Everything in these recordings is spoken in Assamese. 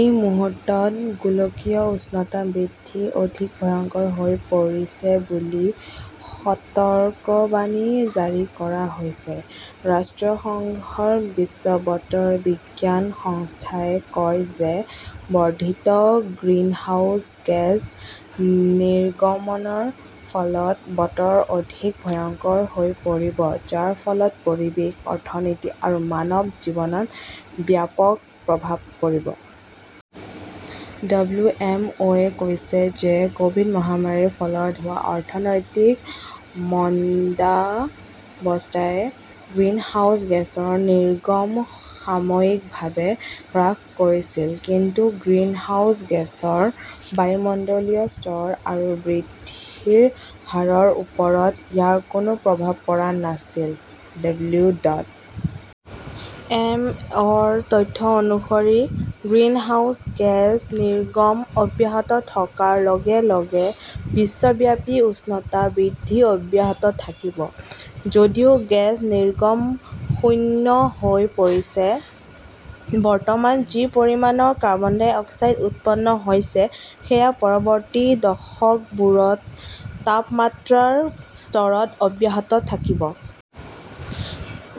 এই মুহূৰ্তত গোলকীয় উষ্ণতা বৃদ্ধি অধিক ভয়ংকৰ হৈ পৰিছে বুলি সতৰ্কবাণী জাৰি কৰা হৈছে। ৰাষ্ট্ৰসংঘৰ বিশ্ব বতৰ বিজ্ঞান সংস্থাই কয় যে বৰ্ধিত গ্ৰিনহাউজ গেছ নিৰ্গমনৰ ফলত বতৰ অধিক ভয়ংকৰ হৈ পৰিব যাৰ ফলত পৰিৱেশ, অৰ্থনীতি আৰু মানৱ জীৱনত ব্যাপক প্ৰভাৱ পৰিব। ডব্লিউ. এম. অ 'এ কৈছিল যে ক'ভিড মহামাৰীৰ ফলত হোৱা অৰ্থনৈতিক মন্দাৱস্থাই গ্ৰীণহাউছ গেছৰ নিৰ্গমন সাময়িকভাৱে হ্ৰাস কৰিছিল, কিন্তু গ্ৰীণহাউছ গেছৰ বায়ুমণ্ডলীয় স্তৰ আৰু বৃদ্ধিৰ হাৰৰ ওপৰত ইয়াৰ কোনো প্ৰভাৱ পৰা নাছিল। ডব্লিউ. Dot M. অ 'ৰ তথ্য অনুসৰি, গ্ৰীণহাউছ গেছ নিৰ্গমন অব্যাহত থকাৰ লগে লগে বিশ্বব্যাপী উষ্ণতা বৃদ্ধি অব্যাহত থাকিব। যদিও গেছ নিৰ্গমন শূন্য হৈ পৰিছে, বৰ্তমান যি পৰিমাণৰ কাৰ্বন ডাই অক্সাইড উৎপন্ন হৈছে সেয়া পৰৱৰ্তী দশকবোৰত তাপমাত্ৰাৰ স্তৰত অব্যাহত থাকিব।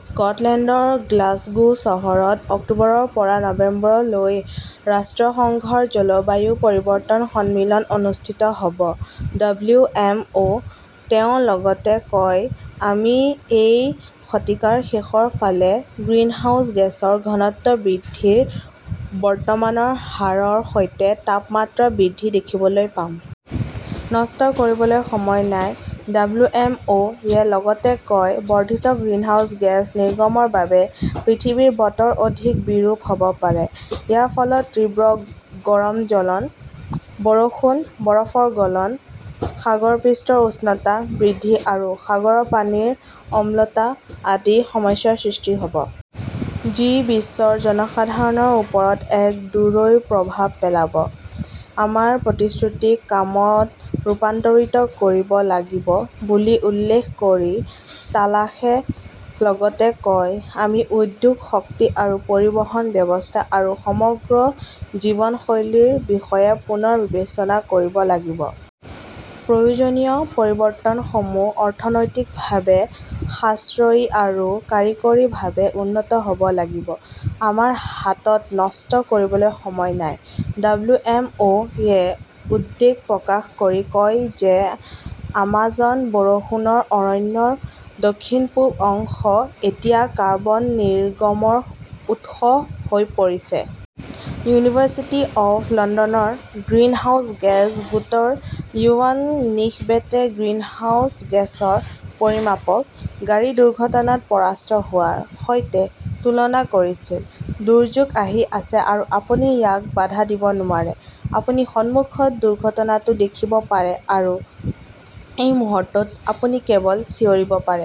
স্কটলেণ্ডৰ গ্লাছগো চহৰত অক্টোবৰৰ পৰা নৱেম্বৰলৈ ৰাষ্ট্ৰসংঘৰ জলবায়ু পৰিৱৰ্তন সন্মিলন অনুষ্ঠিত হ 'ব। ডব্লিউ. এম. অ ', তেওঁ লগতে কয়, আমি এই শতিকাৰ শেষৰ ফালে গ্ৰীণহাউছ গেছৰ ঘনত্ব বৃদ্ধিৰ বৰ্তমানৰ হাৰৰ সৈতে তাপমাত্ৰা বৃদ্ধি দেখিবলৈ পাম। নষ্ট কৰিবলৈ সময় নাই, ডব্লিউ. এম. অ 'য়ে লগতে কয়, বৰ্ধিত গ্ৰীণহাউছ গেছ নিৰ্গমনৰ বাবে পৃথিৱীৰ বতৰ অধিক বিৰূপ হ' ব পাৰে। ইয়াৰ ফলত তীব্ৰ গৰম জ্বলন, বৰষুণ, বৰফ গলন, সাগৰ পৃষ্ঠৰ উচ্চতা বৃদ্ধি আৰু সাগৰৰ পানীৰ অম্লতা আদি সমস্যাৰ সৃষ্টি হ'ব। যি বিশ্বৰ জনসাধাৰণৰ ওপৰত এক দূৰৈৰ প্ৰভাৱ পেলাব। আমাৰ প্ৰতিশ্ৰুতিক কামত ৰূপান্তৰিত কৰিব লাগিব বুলি উল্লেখ কৰি তালাসে লগতে কয়, আমি উদ্যোগ, শক্তি আৰু পৰিবহণ ব্যৱস্থা আৰু সমগ্ৰ জীৱনশৈলীৰ বিষয়ে পুনৰ বিবেচনা কৰিব লাগিব। প্ৰয়োজনীয় পৰিৱৰ্তনসমূহ অৰ্থনৈতিকভাৱে সাশ্ৰয়ী আৰু কাৰিকৰীভাৱে উন্নত হ'ব লাগিব। আমাৰ হাতত নষ্ট কৰিবলৈ সময় নাই। ডব্লিউ. এম. অ. য়ে উদ্বেগ প্ৰকাশ কৰি কয় যে আমাজন বৰষুণৰ অৰণ্যৰ দক্ষিণ-পূব অংশ এতিয়া কাৰ্বন নিৰ্গমনৰ উৎস হৈ পৰিছে। ইউনিভাৰ্চিটি অৱ লণ্ডনৰ গ্ৰীণহাউছ গেছ গোটৰ ইউৱান নিসবেটে গ্ৰীণহাউছ গেছৰ পৰিমাপক "গাড়ী দুৰ্ঘটনাত পৰাস্ত হোৱা" ৰ সৈতে তুলনা কৰিছিল। দুৰ্যোগ আহি আছে আৰু আপুনি ইয়াক বাধা দিব নোৱাৰে। আপুনি সন্মুখত দুৰ্ঘটনাটো দেখিব পাৰে আৰু এই মুহূৰ্তত আপুনি কেৱল চিঞৰিব পাৰে।